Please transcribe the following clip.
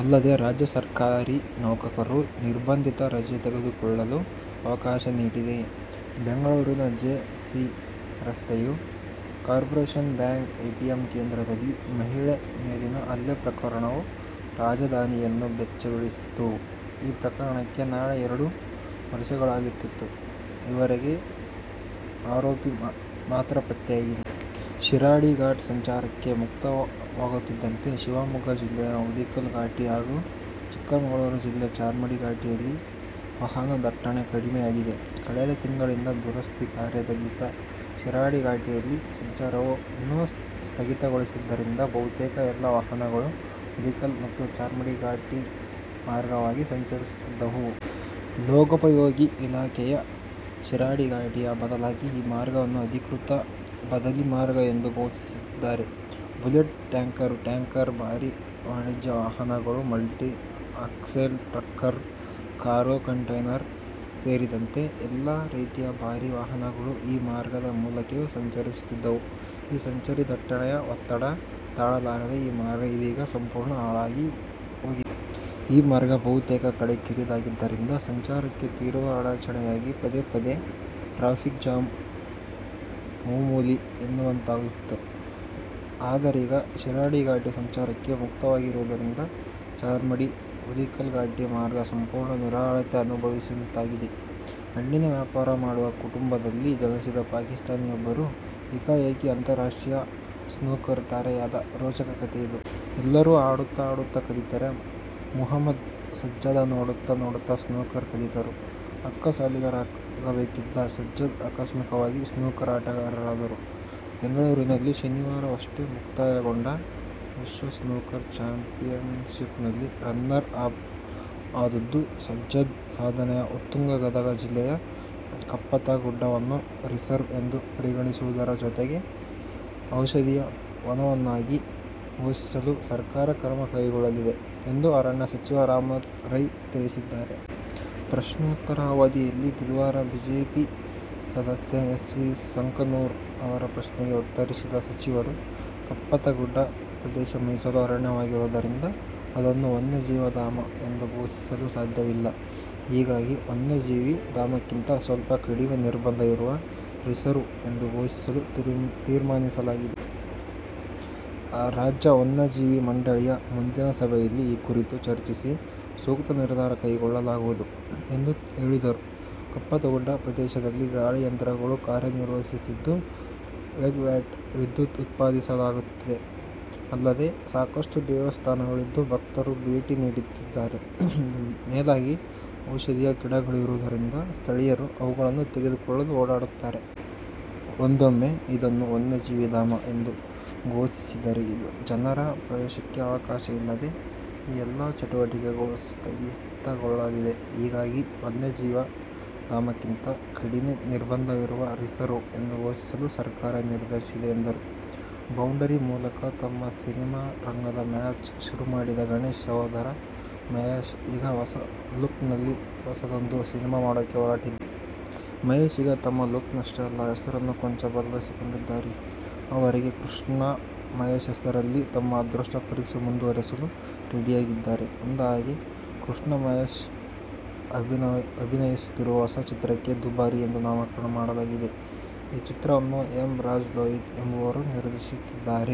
ಅಲ್ಲದೆ, ರಾಜ್ಯ ಸರ್ಕಾರಿ ನೌಕರರು ನಿರ್ಬಂಧಿತ ರಜೆ ತೆಗೆದುಕೊಳ್ಳಲು ಅವಕಾಶ ನೀಡಿದೆ. ಬೆಂಗಳೂರಿನ ಜೆ. ಸಿ. ರಸ್ತೆಯ ಕಾರ್ಪೊರೇಶನ್ ಬ್ಯಾಂಕ್ ಎಟಿಎಂ ಕೇಂದ್ರದಲ್ಲಿ ಮಹಿಳೆ ಮೇಲಿನ ಹಲ್ಲೆ ಪ್ರಕರಣವು ರಾಜಧಾನಿಯನ್ನು ಬೆಚ್ಚಿ ಬೀಳಿಸಿತ್ತು. ಈ ಪ್ರಕರಣಕ್ಕೆ ನಾಳೆ ಎರಡು ವರ್ಷಗಳಾಗುತ್ತಿದ್ದು ಇವರೆಗೂ ಆರೋಪಿ ಮಾತ್ರ ಪತ್ತೆಯಾಗಿಲ್ಲ. ಶಿರಾಡಿ ಘಾಟ್ ಸಂಚಾರಕ್ಕೆ ಮುಕ್ತವಾಗುತ್ತಿದ್ದಂತೆ ಶಿವಮೊಗ್ಗ ಜಿಲ್ಲೆಯ ಹುಲಿಕಲ್ ಘಾಟಿ ಹಾಗೂ ಚಿಕ್ಕಮಗಳೂರು ಜಿಲ್ಲೆ ಚಾರ್ಮಾಡಿ ಘಾಟಿಯಲ್ಲಿ ವಾಹನ ದಟ್ಟಣೆ ಕಡಿಮೆಯಾಗಿದೆ. ಕಳೆದ ತಿಂಗಳಿಂದ ದುರಸ್ತಿ ಕಾರ್ಯ ದಲ್ಲಿದ್ದ ಶಿರಾಡಿಘಾಟಿಯಲ್ಲಿ ಸಂಚಾರವನ್ನು ಸ್ಥಗಿತಗೊಳಿಸಿದ್ದರಿಂದ ಬಹುತೇಕ ಎಲ್ಲ ವಾಹನಗಳು ಹುಲಿಕಲ್ ಮತ್ತು ಚಾರ್ಮಾಡಿ ಘಾಟಿ ಮಾರ್ಗವಾಗಿ ಸಂಚರಿಸುತ್ತಿದ್ದವು. ಲೋಕೋಪಯೋಗಿ ಇಲಾಖೆಯೇ ಶಿರಾಡಿ ಘಾಟಿಯ ಬದಲಾಗಿ ಈ ಮಾರ್ಗವನ್ನು ಅಧಿಕೃತ ಬದಲಿ ಮಾರ್ಗ ಎಂದು ಘೋಷಿಸಿದ್ದರಿಂದ ಬುಲೆಟ್ ಟ್ಯಾಂಕರ್, ಟ್ಯಾಂಕರ್, ಭಾರಿ ವಾಣಿಜ್ಯ ವಾಹನಗಳು, multi axle trucker, cargo container ಸೇರಿದಂತೆ ಎಲ್ಲ ರೀತಿಯ ಭಾರೀ ವಾಹನಗಳು ಈ ಮಾರ್ಗದ ಮೂಲಕವೇ ಸಂಚರಿಸುತ್ತಿದ್ದವು. ಈ ಸಂಚಾರಿ ದಟ್ಟಣೆಯ ಒತ್ತಡ ತಾಳಲಾರದೆ ಈ ಮಾರ್ಗ ಇದೀಗ ಸಂಪೂರ್ಣ ಹಾಳಾಗಿ ಹೋಗಿದೆ. ಈ ಮಾರ್ಗ ಬಹುತೇಕ ಕಡೆ ಕಿರಿದಾಗಿದ್ದರಿಂದ ಸಂಚಾರಕ್ಕೆ ತೀವ್ರ ಅಡಚಣೆಯಾಗಿ ಪದೇ ಪದೆ ಟ್ರಾಫಿಕ್ ಜಾಮ್ ಮೂಮೂಲಿ ಎನ್ನುವಂತಾಗಿತ್ತು. ಆದರೀಗ ಶಿರಾಡಿ ಘಾಟಿ ಸಂಚಾರಕ್ಕೆ ಮುಕ್ತವಾಗಿರುವುದರಿಂದ ಚಾರ್ಮಾಡಿ, ಹುಲಿಕಲ್ ಘಾಟಿ ಮಾರ್ಗ ಸಂಪೂರ್ಣ ನಿರಾಳತೆ ಅನುಭವಿಸುವಂತಾಗಿದೆ. ಹಣ್ಣಿನ ವ್ಯಾಪಾರ ಮಾಡುವ ಕುಟುಂಬದಲ್ಲಿ ಜನಿಸಿದ ಪಾಕಿಸ್ತಾನಿಯೊಬ್ಬರು ಏಕಾಏಕಿ ಅಂತಾರಾಷ್ಟ್ರೀಯ ಸ್ನೂಕರ್ ತಾರೆಯಾದ ರೋಚಕ ಕಥೆಯಿದು. ಎಲ್ಲರೂ ಆಡುತ್ತಾ ಆಡುತ್ತಾ ಕಲಿತರೆ, ಮುಹಮ್ಮದ್ ಸಜ್ಜದ್ ನೋಡುತ್ತಾ ನೋಡುತ್ತಾ ಸ್ನೂಕರ್ ಕಲಿತರು. ಅಕ್ಕಸಾಲಿಗರಾಗಬೇಕಿದ್ದ ಸಜ್ಜದ್ ಆಕಸ್ಮಿಕವಾಗಿ ಸ್ನೂಕರ್ ಆಟಗಾರರಾದರು. ಬೆಂಗಳೂರಿನಲ್ಲಿ ಶನಿವಾರವಷ್ಟೇ ಮುಕ್ತಾಯಗೊಂಡ ವಿಶ್ವ ಸ್ನೂಕರ್ ಚಾಂಪಿಯನ್ಶಿಪ್ನಲ್ಲಿ ರನ್ನರ್ ಅಪ್ ಆದದ್ದು ಸಜ್ಜದ್ ಸಾಧನೆಯ ಉತ್ತುಂಗ! ಗದಗ ಜಿಲ್ಲೆಯ ಕಪ್ಪತಗುಡ್ಡವನ್ನು " ರಿಸರ್ವ್' ಎಂದು ಪರಿಗಣಿಸುವುದರ ಜತೆಗೆ ಔಷಧೀಯ ವನವನ್ನಾಗಿ ಘೋಷಿಸಲು ಸರ್ಕಾರ ಕ್ರಮ ಕೈಗೊಳ್ಳಲಿದೆ ಎಂದು ಅರಣ್ಯ ಸಚಿವ ರಮಾನಾಥ ರೈ ತಿಳಿಸಿದ್ದಾರೆ. ಪ್ರಶ್ನೋತ್ತರ ಅವಧಿಯಲ್ಲಿ ಬುಧವಾರ ಬಿಜೆಪಿ ಸದಸ್ಯ ಎಸ್. ವಿ. ಸಂಕನೂರ ಅವರ ಪ್ರಶ್ನೆಗೆ ಉತ್ತರಿಸಿದ ಸಚಿವರು, ಕಪ್ಪತಗುಡ್ಡ ಪ್ರದೇಶ ಮೀಸಲು ಅರಣ್ಯವಾಗಿರುವುದರಿಂದ ಅದನ್ನು ವನ್ಯಜೀವಿ ಧಾಮ ಎಂದು ಘೋಷಿಸಲು ಸಾಧ್ಯವಿಲ್ಲ. ಹೀಗಾಗಿ ವನ್ಯಜೀವಿ ಧಾಮಕ್ಕಿಂತ ಸ್ವಲ್ಪ ಕಡಿಮೆ ನಿರ್ಬಂಧ ಇರುವ " ರಿಸರ್ವ್' ಎಂದು ಘೋಷಿಸಲು ತೀರ್ಮಾನಿಸಲಾಗಿದೆ. ರಾಜ್ಯ ವನ್ಯಜೀವಿ ಮಂಡಳಿಯ ಮುಂದಿನ ಸಭೆಯಲ್ಲಿ ಈ ಕುರಿತು ಚರ್ಚಿಸಿ ಸೂಕ್ತ ನಿರ್ಧಾರ ಕೈಗೊಳ್ಳಲಾಗುವುದು ಎಂದು ಹೇಳಿದರು. ಕಪ್ಪತಗುಡ್ಡ ಪ್ರದೇಶದಲ್ಲಿ ಗಾಳಿಯಂತ್ರಗಳು ಕಾರ್ಯನಿರ್ವಹಿಸುತ್ತಿದ್ದು, ಮೆಗಾವ್ಯಾಟ್ ವಿದ್ಯುತ್ ಉತ್ಪಾದಿಸಲಾಗುತ್ತಿದೆ. ಅಲ್ಲದೆ, ಸಾಕಷ್ಟು ದೇವಸ್ಥಾನಗಳಿದ್ದು, ಭಕ್ತರು ಭೇಟಿ ನೀಡುತ್ತಿದ್ದಾರೆ. ಮೇಲಾಗಿ ಔಷಧೀಯ ಗಿಡಗಳಿರುವುದರಿಂದ ಸ್ಥಳೀಯರು ಅವುಗಳನ್ನು ತೆಗೆದುಕೊಳ್ಳಲು ಓಡಾಡುತ್ತಾರೆ. ಒಂದೊಮ್ಮೆ ಇದನ್ನು ವನ್ಯಜೀವಿ ಧಾಮ ಎಂದು ಘೋಷಿಸಿದರೆ ಜನರ ಪ್ರವೇಶಕ್ಕೆ ಅವಕಾಶ ಇಲ್ಲದೆ ಈ ಎಲ್ಲಾ ಚಟುವಟಿಕೆಗಳು ಸ್ಥಗಿತಗೊಳ್ಳಲಿವೆ. ಹೀಗಾಗಿ ವನ್ಯಜೀವಿ ಧಾಮಕ್ಕಿಂತ ಕಡಿಮೆ ನಿರ್ಬಂಧ ಇರುವ " ರಿಸರ್ವ್' ಎಂದು ಘೋಷಿಸಲು ಸರ್ಕಾರ ನಿರ್ಧರಿಸಿದೆ ಎಂದರು. "ಬೌಂಡರಿ' ಮೂಲಕ ತಮ್ಮ ಸಿನಿಮಾ ರಂಗದ ಮ್ಯಾಚ್ ಶುರುಮಾಡಿದ ಗಣೇಶ್ ಸಹೋದರ ಮಹೇಶ್, ಈಗ ಹೊಸ ಲುಕ್ನಲ್ಲಿ ಹೊಸದೊಂದು ಸಿನಿಮಾ ಮಾಡೋಕೆ ಹೊರಟಿದ್ದಾರೆ. ಮಹೇಶ್ ಈಗ ತಮ್ಮ ಲುಕ್ನಷ್ಟೇ ಅಲ್ಲ, ಹೆಸರನ್ನು ಕೊಂಚ ಬದಲಿಸಿಕೊಂಡಿದ್ದಾರೆ. ಅವರೀಗ ಕೃಷ್ಣ ಮಹೇಶ್ ಹೆಸರಲ್ಲಿ ತಮ್ಮ ಅದೃಷ್ಟ ಪರೀಕ್ಷೆ ಮುಂದುವರೆಸಲು ರೆಡಿಯಾಗಿದ್ದಾರೆ. ಅಂದಹಾಗೆ, ಕೃಷ್ಣ ಮಹೇಶ್ ಅಭಿನಯಿಸುತ್ತಿರುವ ಹೊಸ ಚಿತ್ರಕ್ಕೆ "ದುಬಾರಿ' ಎಂದು ನಾಮಕರಣ ಮಾಡಲಾಗಿದೆ. ಈ ಚಿತ್ರವನ್ನು ಎಂ. ರಾಜ್ ಲೋಹಿತ್ ಎಂಬುವವರು ನಿರ್ದೇಶಿಸುತ್ತಿದ್ದಾರೆ.